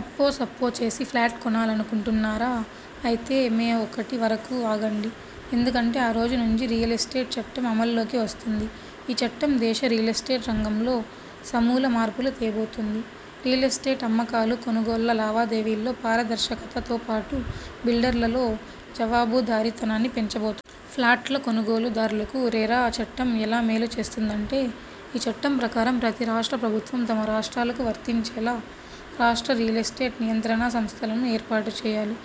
అప్పో సప్పో చేసి ఫ్లాట్ కొనాలనుకుంటున్నారా? అయితే మే ఒకటి వరకు ఆగండి. ఎందుకంటే ఆ రోజు నుంచి 'రియల్ ఎస్టేట్ చట్టం అమల్లోకి వస్తోంది. ఈ చట్టం దేశ రియల్ ఎస్టేట్ రంగంలో సమూల మార్పులు తేబోతోంది. రియల్ ఎస్టేట్ అమ్మకాలు, కొనుగోళ్ల లావాదేవీల్లో పారదర్శకత తో పాటు, బిల్డర్లలో జవాబుదారితనాన్నీ పెంచబోతో, ఫ్లాట్ల కొనుగోలుదారులకు 'రెరా' చట్టం ఎలా మేలు చేస్తుందంటే. ఈ చట్టం ప్రకారం ప్రతి రాష్ట్ర ప్రభుత్వం తమ రాష్ట్రాలకు వర్తించేలా 'రాష్ట్ర రియల్ ఎస్టేట్ నియంత్రణ సంస్థ లను ఏర్పాటు చేయాలి.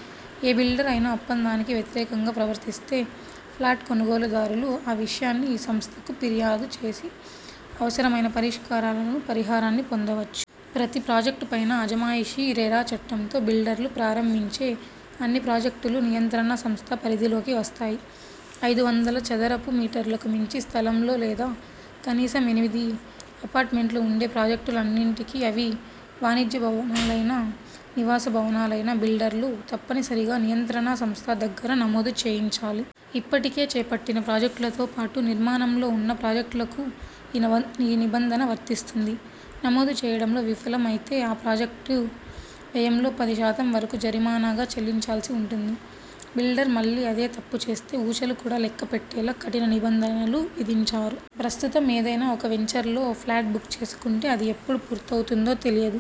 ఏ బిల్డర్ అయినా ఒప్పందానికి వ్యతిరేకంగా ప్రవర్తిస్తే ఫ్లాట్ కొనుగోలుదారులు ఆ విషయాన్ని ఈ సంస్థకు ఫిర్యాదు చేసి అవసరమైన పరిష్కారాలను, పరిహారాన్ని పొందవచ్చు. ప్రతి ప్రాజెక్టుపైనా అజమాయిషీ రెరా చట్టంతో బిల్డర్లు ప్రారంభించే అన్ని ప్రాజెక్టులు నియంత్రణ సంస్థ పరిధిలోకి వస్తాయి. ఐదు వందల చదరపు మీటర్లకు మించిన స్థలంలో లేదా కనీసం ఎనిమిది అపార్ట్మెంట్లు ఉండే ప్రాజెక్టులన్నింటినీ అవి వాణిజ్య భవనాలైనా, నివాస భవనాలైనా బిల్డర్లు తప్పనిసరిగా నియంత్రణ సంస్థ దగ్గర నమోదు చేయించాలి. ఇప్పటికే చేపట్టిన ప్రాజెక్టులతో పాటు, నిర్మాణంలో ఉన్న ప్రాజెక్టులకూ ఈ నిబంధన వర్తిస్తుంది. నమోదు చేయడంలో విఫలమైతే ఆ ప్రాజెక్టు వ్యయంలో పది శాతం వరకు జరిమానాగా చెల్లించాల్సి ఉంటుంది. బిల్డర్ మళ్లీ అదే తప్పు చేస్తే ఊచలు కూడా లెక్కపెట్టేలా కఠిన నిబంధనలు విధించారు. ప్రస్తుతం ఏదైనా ఒక వెంచర్లో ఫ్లాట్ బుక్ చేసుకుంటే అది ఎప్పుడు పూర్తవుతుందో తెలియదు.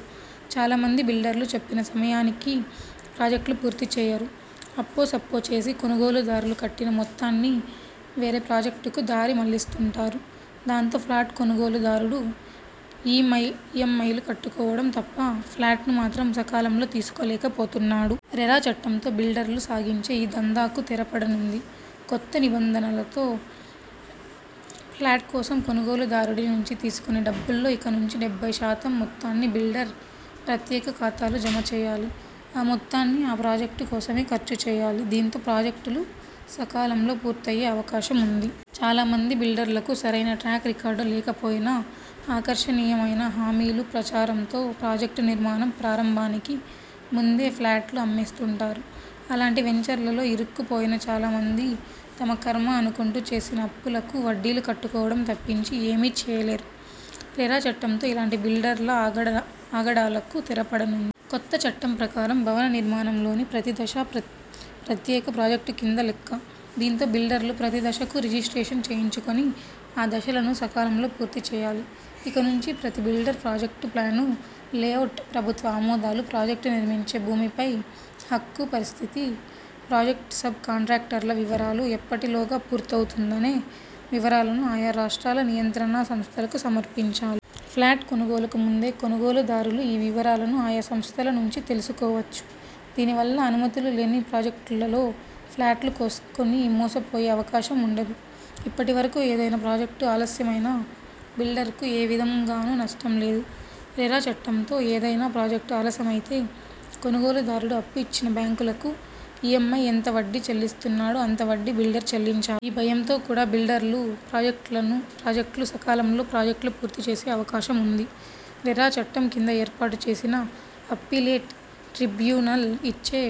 చాలా మంది బిల్డర్లు చెప్పిన సమయానికి ప్రాజెక్టులు పూర్తి చేయరు. అప్పో సప్పో చేసి కొనుగోలుదారులు కట్టిన మొత్తాన్ని వేరే ప్రాజెక్టులకు దారి మళ్లిస్తుంటారు. దాంతో ఫ్లాట్ కొనుగోలుదారుడు ఈ మ్ ఐ లు కట్టుకోవడం తప్ప, ఫ్లాట్ ను మాత్రం సకాలంలో తీసుకోలేకపోతున్నాడు. రెరా చట్టంతో బిల్డర్లు సాగించే ఈ దందాకు తెరపడనుంది. కొత్త నిబంధనతో ఫ్లాట్ కోసం కొనుగోలుదారుడి నుంచి తీసుకునే డబ్బుల్లో ఇక నుంచి డెబ్బై శాతం మొత్తాన్ని బిల్డర్ ప్రత్యేక ఖాతాలో జమ చేయాలి. ఆ మొత్తాన్ని ఆ ప్రాజెక్టు కోసమే ఖర్చు చేయాలి. దీంతో ప్రాజెక్టులు సకాలంలో పూర్తయ్యే అవకాశం ఉంది. చాలా మంది బిల్డర్లకు సరైన ట్రాక్ రికార్డు లేకపోయినాఆకర్షణీయమైన హామీలు, ప్రచారంతో ప్రాజెక్టు నిర్మాణం ప్రారంభానికి ముందే ఫ్లాట్లు అమ్మేస్తుంటారు. అలాంటి వెంచర్లలో ఇరుక్కు పోయిన చాలా మంది తమ ఖర్మ అనుకుంటూ చేసిన అప్పులకు వడ్డీలు కట్టుకోవడం తప్పించి ఏమీ చేయలేరు. రెరా చట్టంతో ఇలాంటి బిల్డర్ల ఆగడాలకూ తెరపడనుంది. కొత్త చట్టం ప్రకారం భవన నిర్మాణంలోని ప్రతి దశా ప్రత్యేక ప్రాజెక్టు కింద లెక్క. దీంతో బిల్డర్లు ప్రతి దశకూ రిజిస్ట్రేషన్ చేయించుకుని ఆ దశలను సకాలంలో పూర్తి చేయాలి. ఇక నుంచి ప్రతి బిల్డర్ ప్రాజెక్టు ప్లాన్, లేఅవుట్, ప్రభుత్వ ఆమోదాలు, ప్రాజెక్టు నిర్మించే భూమిపై హక్కు పరిస్థితి, ప్రాజెక్టు సబ్ కాంట్రాక్టర్ల వివరాలు, ఎప్పటిలోగా పూర్తవుతుందనే వివరాలను ఆయా రాష్ట్రాల నియంత్రణ సంస్థలకు సమర్పించాలి. ఫ్లాట్ కొనుగోలుకు ముందే కొనుగోలుదారులు ఈ వివరాలను ఆయా సంస్థల నుంచి తెలుసుకోవచ్చు. దీని వల్ల అనుమతులు లేని ప్రాజెక్టుల్లో ఫ్లాట్లు కొని మోసపోయే అవకాశం ఉండదు. ఇప్పటి వరకు ఏదైనా ప్రాజెక్టు ఆలస్యమైనా బిల్డర్ కు ఏ విధంగానూ నష్టం లేదు. రెరా చట్టంతో ఏదైనా ప్రాజెక్టు ఆలస్యమైతే కొనుగోలుదారుడు అప్పు ఇచ్చిన బ్యాంకులకు ఈ మ్ ఐ ఎంత వడ్డీ చెల్లిస్తున్నాడో, అంత వడ్డీ బిల్డర్ చెల్లించాలి. ఈ భయంతో కూడా బిల్డర్లు ప్రాజెక్టులు సకాలంలో ప్రాజెక్టులు పూర్తి చేసే అవకాశం ఉంది. రెరా చట్టం కింద ఏర్పాటు చేసిన అప్పీలేట్ ట్రిబ్యునల్ ఇచ్చే